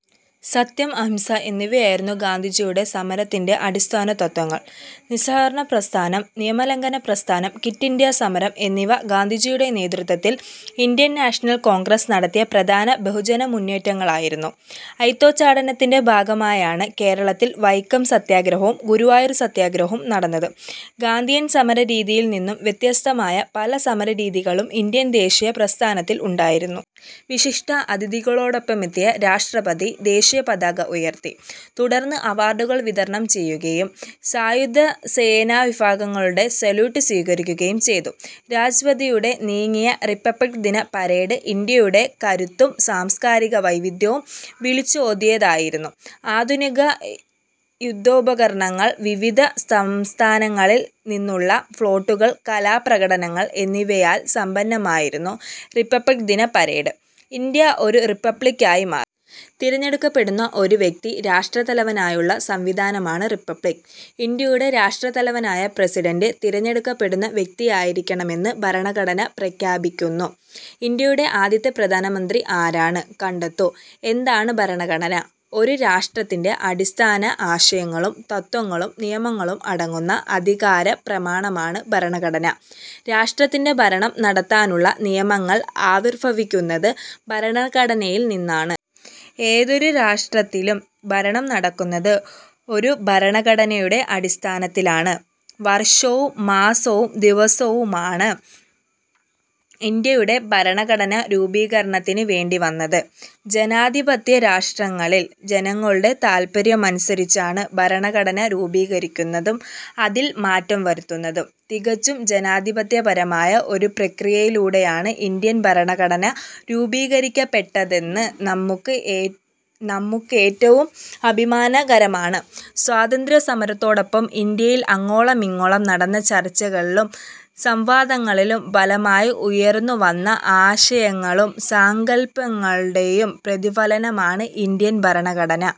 സത്യം, അഹിംസ എന്നിവയായിരുന്നു ഗാന്ധിജിയുടെ സമരത്തിന്റെ അടിസ്ഥാനതത്ത്വങ്ങൾ. നിസ്സഹകരണ പ്രസ്ഥാനം, നിയമലംഘന പ്രസ്ഥാനം, ക്വിറ്റിന്ത്യാ സമരം എന്നിവ ഗാന്ധിജിയുടെ നേതൃത്വത്തിൽ ഇന്ത്യൻ നാഷണൽ കോൺഗ്രസ് നടത്തിയ പ്രധാന ബഹുജനമുന്നേറ്റങ്ങളായിരുന്നു. അയിത്തോച്ചാടനത്തിന്റെ ഭാഗമായാണ് കേരളത്തിൽ വൈക്കം സത്യഗ്രഹവും ഗുരു വായൂർ സത്യഗ്രഹവും നടന്നത്. ഗാന്ധിയൻ സമരരീതിയിൽ നിന്നും വ്യത്യസ്തമായ പല സമരരീതികളും ഇന്ത്യൻ ദേശീയ പ്രസ്ഥാനത്തിൽ ഉണ്ടായിരുന്നു. വിശിഷ്ടാതിഥിയോടൊപ്പമെത്തിയ രാഷ്ട്രപതി ദേശീയപതാക ഉയർത്തി. തുടർന്ന് അവാർഡുകൾ വിതരണം ചെയ്യുകയും സായുധസേനാവിഭാഗങ്ങളുടെ സല്യൂട്ട് സ്വീകരിക്കുകയും ചെയ്തു. രാജ്പഥിലൂടെ നീങ്ങിയ റിപ്പബ്ലിക്ദിന പരേഡ് ഇന്ത്യയുടെ കരുത്തും സാംസ്കാരിക വൈവിധ്യവും വിളിച്ചോതുന്നതായിരുന്നു. ആധുനിക യുദ്ധോപകരണങ്ങൾ, വിവിധ സംസ്ഥാനങ്ങളിൽ നിന്നുള്ള ഫ്ളോട്ടുകൾ, കലാപ്രകടനങ്ങൾ എന്നിവയാൽ സമ്പന്നമായിരുന്നു റിപ്പബ്ലിക്ദിന പരേഡ്. ഇന്ത്യ ഒരു റിപ്പബ്ലിക് ആയി മാറി. തിരഞ്ഞെടുക്കപ്പെടുന്ന ഒരു വ്യക്തി രാഷ്ട്രത്തലവനായുള്ള സംവിധാനമാണ് റിപ്പബ്ലിക്. ഇന്ത്യയുടെ രാഷ്ട്രതലവനായ പ്രസിഡന്റ്, തിരഞ്ഞെടുക്കപ്പെടുന്ന വ്യക്തിയായിരിക്കണമെന്ന് ഭരണഘടന പ്രഖ്യാപിക്കുന്നു. ഇന്ത്യയുടെ ആദ്യത്തെ പ്രധാനമന്ത്രി ആരാണ്? കണ്ടെത്തൂ. എന്താണ് ഭരണഘടന? ഒരു രാഷ്ട്രത്തിന്റെ അടിസ്ഥാന ആശയങ്ങളും തത്ത്വങ്ങളും നിയമങ്ങളും അടങ്ങുന്ന ആധികാരികപ്രമാണമാണ് ഭരണഘടന. രാഷ്ട്രത്തിന്റെ ഭരണം നടത്തുന്നതിനുള്ള നിയമങ്ങൾ ആവിർഭവിക്കുന്നത് ഭരണഘടനയിൽ നിന്നാണ്. ഏതൊരു രാഷ്ട്രത്തിലും ഭരണം നടക്കുന്നത് ഒരു ഭരണഘടനയുടെ അടിസ്ഥാനത്തിലാണ്. വർഷവും മാസവും ദിവസവുമാണ് ഇന്ത്യയുടെ ഭരണഘടനാരൂപീകരണത്തിനായി വേണ്ടി വന്നത്. ജനാധിപത്യ രാഷ്ട്രങ്ങളിൽ ജനങ്ങളുടെ താൽപര്യമനുസരിച്ചാണ് ഭരണഘടന രൂപീകരിക്കുന്നതും അതിൽ മാറ്റം വരുത്തുന്നതും. തികച്ചും ജനാധിപത്യപരമായ ഒരു പ്രക്രിയയിലൂടെയാണ് ഇന്ത്യൻ ഭരണഘടന രൂപീകരിക്കപ്പെട്ടതെന്നത് നമുക്കേറ്റവും അഭിമാനകരമാണ്. സ്വാതന്ത്ര്യസമരത്തോടൊപ്പം ഇന്ത്യയിലങ്ങോളമിങ്ങോളം നടന്ന ചർച്ചകളുടെയും സംവാദങ്ങളുടെയും ഫലമായി ഉയർന്നു വന്ന ആശയങ്ങളുടെയും സങ്കൽപ്പങ്ങളുടെയും പ്രതിഫലനമാണ് ഇന്ത്യൻ ഭരണഘടന.